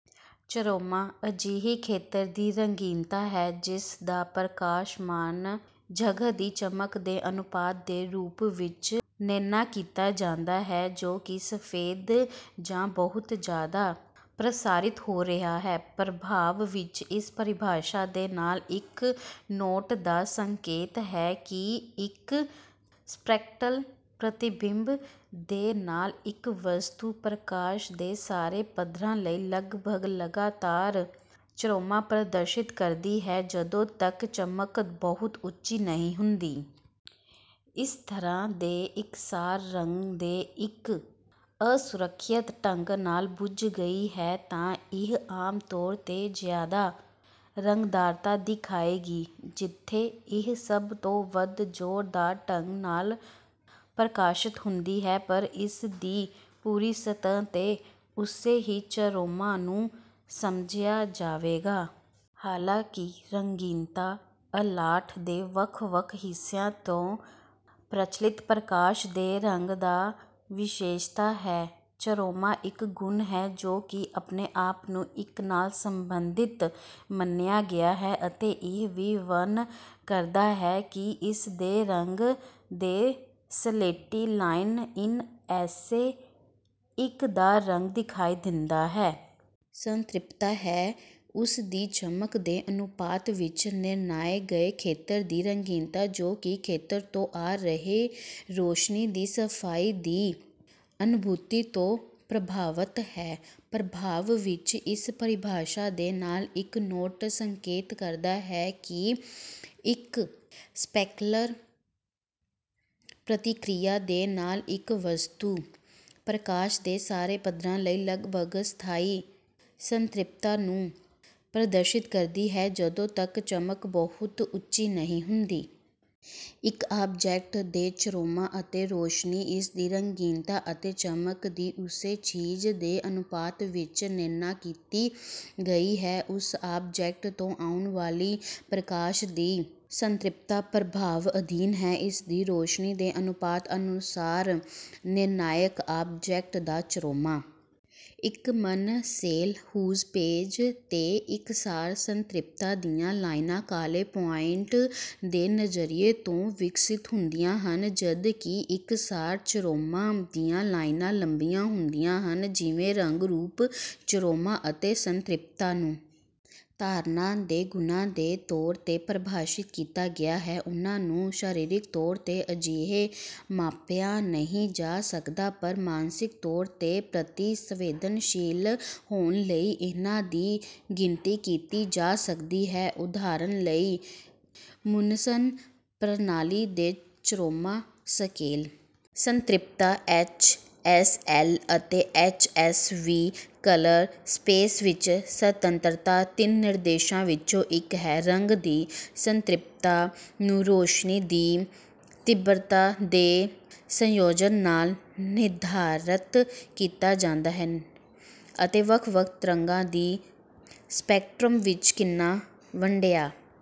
Chroma ਅਜਿਹੀ ਖੇਤਰ ਦੀ ਰੰਗੀਨਤਾ ਹੈ ਜਿਸਦਾ ਪ੍ਰਕਾਸ਼ਮਾਨ ਜਗਹ ਦੀ ਚਮਕ ਦੇ ਅਨੁਪਾਤ ਦੇ ਰੂਪ ਵਿੱਚ ਨਿਰਣਾ ਕੀਤਾ ਜਾਂਦਾ ਹੈ ਜੋ ਕਿ ਸਫੈਦ ਜਾਂ ਬਹੁਤ ਜ਼ਿਆਦਾ ਪ੍ਰਸਾਰਿਤ ਹੋ ਰਿਹਾ ਹੈ। ਪ੍ਰਭਾਵ ਵਿੱਚ ਇਸ ਪਰਿਭਾਸ਼ਾ ਦੇ ਨਾਲ ਇੱਕ ਨੋਟ ਦਾ ਸੰਕੇਤ ਹੈ ਕਿ ਇੱਕ ਸਪ੍ਰੈਕਟਲ ਪ੍ਰਤੀਬਿੰਬ ਦੇ ਨਾਲ ਇੱਕ ਵਸਤੂ ਪ੍ਰਕਾਸ਼ ਦੇ ਸਾਰੇ ਪੱਧਰਾਂ ਲਈ ਲਗਭਗ ਲਗਾਤਾਰ ਚਰੋਮਾ ਪ੍ਰਦਰਸ਼ਿਤ ਕਰਦੀ ਹੈ ਜਦੋਂ ਤੱਕ ਚਮਕ ਬਹੁਤ ਉੱਚੀ ਨਹੀਂ ਹੁੰਦੀ। ਇਸ ਤਰ੍ਹਾਂ ਜੇ ਇਕਸਾਰ ਰੰਗ ਦੇ ਇੱਕ ਅਸੁਰੱਖਿਅਤ ਢੰਗ ਨਾਲ ਬੁਝ ਗਈ ਹੈ ਤਾਂ ਇਹ ਆਮ ਤੌਰ ਤੇ ਜ਼ਿਆਦਾ ਰੰਗਦਾਰਤਾ ਦਿਖਾਏਗਾ ਜਿਥੇ ਇਹ ਸਭ ਤੋਂ ਵੱਧ ਜ਼ੋਰਦਾਰ ਢੰਗ ਨਾਲ ਪ੍ਰਕਾਸ਼ਤ ਹੁੰਦੀ ਹੈ ਪਰ ਇਸਦੀ ਪੂਰੀ ਸਤਿਹ ਤੇ ਉਸੇ ਹੀ ਚਰੋਮਾ ਨੂੰ ਸਮਝਿਆ ਜਾਵੇਗਾ। ਹਾਲਾਂਕਿ ਰੰਗੀਨਤਾ ਅਲਾਟ ਦੇ ਵੱਖ ਵੱਖ ਹਿੱਸਿਆਂ ਤੋਂ ਪ੍ਰਚੱਲਿਤ ਪ੍ਰਕਾਸ਼ ਦੇ ਰੰਗ ਦਾ ਵਿਸ਼ੇਸ਼ਤਾ ਹੈ ਚਰੋਮਾ ਇੱਕ ਗੁਣ ਹੈ ਜੋ ਕਿ ਆਪਣੇ ਆਪ ਨੂੰ ਇੱਕ ਨਾਲ ਸਬੰਧਤ ਮੰਨਿਆ ਗਿਆ ਹੈ ਅਤੇ ਇਹ ਵੀ ਵਰਨ ਕਰਦਾ ਹੈ ਕਿ ਇਸਦੇ ਰੰਗ ਦੇ ਸਲੇਟੀ ਲਾਈਨ ਇਨ ਐਸੇ ਇੱਕ ਦਾ ਰੰਗ ਦਿਖਾਈ ਦਿੰਦਾ ਹੈ। ਸਤ੍ਰਿਪਤਾ ਹੈ ਉਸ ਦੀ ਚਮਕ ਦੇ ਅਨੁਪਾਤ ਵਿੱਚ ਨਿਰਣਾਏ ਗਏ ਖੇਤਰ ਦੀ ਰੰਗੀਨ ਜੋ ਕਿ ਖੇਤਰ ਤੋਂ ਆ ਰਹੇ ਰੌਸ਼ਨੀ ਦੀ ਸਫਾਈ ਦੀ ਅਨੁਭੂਤੀ ਤੋਂ ਪ੍ਰਭਾਵਤ ਹੈ। ਪ੍ਰਭਾਵ ਵਿੱਚ ਇਸ ਪਰਿਭਾਸ਼ਾ ਦੇ ਨਾਲ ਇੱਕ ਨੋਟ ਸੰਕੇਤ ਕਰਦਾ ਹੈ ਕਿ ਇੱਕ ਸਪ੍ਰੈਕਲਰ ਪ੍ਰਤੀਕਿਰਿਆ ਦੇ ਨਾਲ ਇੱਕ ਵਸਤੂ ਪ੍ਰਕਾਸ਼ ਦੇ ਸਾਰੇ ਪੱਧਰਾਂ ਲਈ ਲਗਭਗ ਸਥਾਈ ਸੰਤ੍ਰਿਪਤਾ ਨੂੰ ਪ੍ਰਦਰਸ਼ਿਤ ਕਰਦੀ ਹੈ ਜਦੋਂ ਤੱਕ ਚਮਕ ਬਹੁਤ ਉੱਚੀ ਨਹੀਂ ਹੁੰਦੀ। ਇੱਕ ਆਬਜੈਕਟ ਦੇ ਚਰੋਮਾ ਅਤੇ ਰੋਸ਼ਨੀ ਇਸਦੀ ਰੰਗੀਨਤਾ ਅਤੇ ਚਮਕ ਦੀ ਉਸੇ ਚੀਜ਼ ਦੇ ਅਨੁਪਾਤ ਵਿੱਚ ਨਿਰਣਾ ਕੀਤੀ ਗਈ ਹੈ ਉਸ ਆਬਜੈਕਟ ਤੋਂ ਆਉਣ ਵਾਲੀ ਪ੍ਰਕਾਸ਼ ਦੀ ਸੰਤ੍ਰਿਪਤਾ ਪ੍ਰਭਾਵ ਅਧੀਨ ਹੈ ਇਸਦੀ ਰੌਸ਼ਨੀ ਦੇ ਅਨੁਪਾਤ ਅਨੁਸਾਰ ਨਿਰਣਾਇਕ ਆਬਜੈਕਟ ਦਾ ਚਰੋਮਾ। ਇੱਕ ਮਨਸੇਲ ਹੂਜ਼ ਪੇਜ ਤੇ ਇਕਸਾਰ ਸੰਤ੍ਰਿਪਤਾ ਦੀਆਂ ਲਾਈਨਾਂ ਕਾਲੇ ਪੁਆਇੰਟ ਦੇ ਨਜ਼ਰੀਏ ਤੋਂ ਵਿਕਸਤ ਹੁੰਦੀਆਂ ਹਨ ਜਦ ਕਿ ਇਕਸਾਰ ਚਰੋਮਾ ਦੀਆਂ ਲਾਈਨਾਂ ਲੰਬੀਆਂ ਹੁੰਦੀਆਂ ਹਨ। ਜਿਵੇਂ ਰੰਗ ਰੂਪ ਚਰੋਮਾ ਅਤੇ ਸੰਤ੍ਰਿਪਤਾ ਨੂੰ ਧਾਰਨਾ ਦੇ ਗੁਣਾਂ ਦੇ ਤੌਰ ਤੇ ਪ੍ਰਭਾਸ਼ਿਤ ਕੀਤਾ ਗਿਆ ਹੈ ਉਨ੍ਹਾਂ ਨੂੰ ਸਰੀਰਕ ਤੌਰ ਤੇ ਅਜਿਹੇ ਮਾਪਿਆ ਨਹੀਂ ਜਾ ਸਕਦਾ ਪਰ ਮਾਨਸਿਕ ਤੋਲ ਦੇ ਪ੍ਰਤੀ ਸੰਵੇਦਨਾਸ਼ੀਲ ਹੋਣ ਲਈ ਇਹਨਾਂ ਦੀ ਗਿਣਤੀ ਕੀਤੀ ਜਾ ਸਕਦੀ ਹੈ ਉਦਾਹਰਨ ਲਈ ਮੁਨਸਲ ਪ੍ਰਣਾਲੀ ਦੇ ਚਰੋਮਾ ਸਕੇਲ। ਸੰਤ੍ਰਿਪਤਾ ਐਚਐਸਐਲ ਅਤੇ H S V colour space ਵਿੱਚ ਸਤੰਨਰਤਾ ਤਿੰਨ ਨਿਰਦੇਸ਼ਾਂ ਵਿੱਚੋਂ ਇੱਕ ਹੈ। ਰੰਗ ਦੀ ਸੰਤ੍ਰਿਪਤਾ ਨੂੰ ਰੌਸ਼ਨੀ ਦੀ ਤੀਬਰਤਾ ਦੇ ਸੰਯੋਜਨ ਨਾਲ ਨਿਰਧਾਰਤ ਕੀਤਾ ਜਾਂਦਾ ਹੈ ਅਤੇ ਵੱਖ ਵੱਖ ਤਰੰਗਾਂ ਦੀ ਸਪੈਕਟ੍ਰਮ ਵਿੱਚ ਕਿੰਨਾ ਵੰਡਿਆ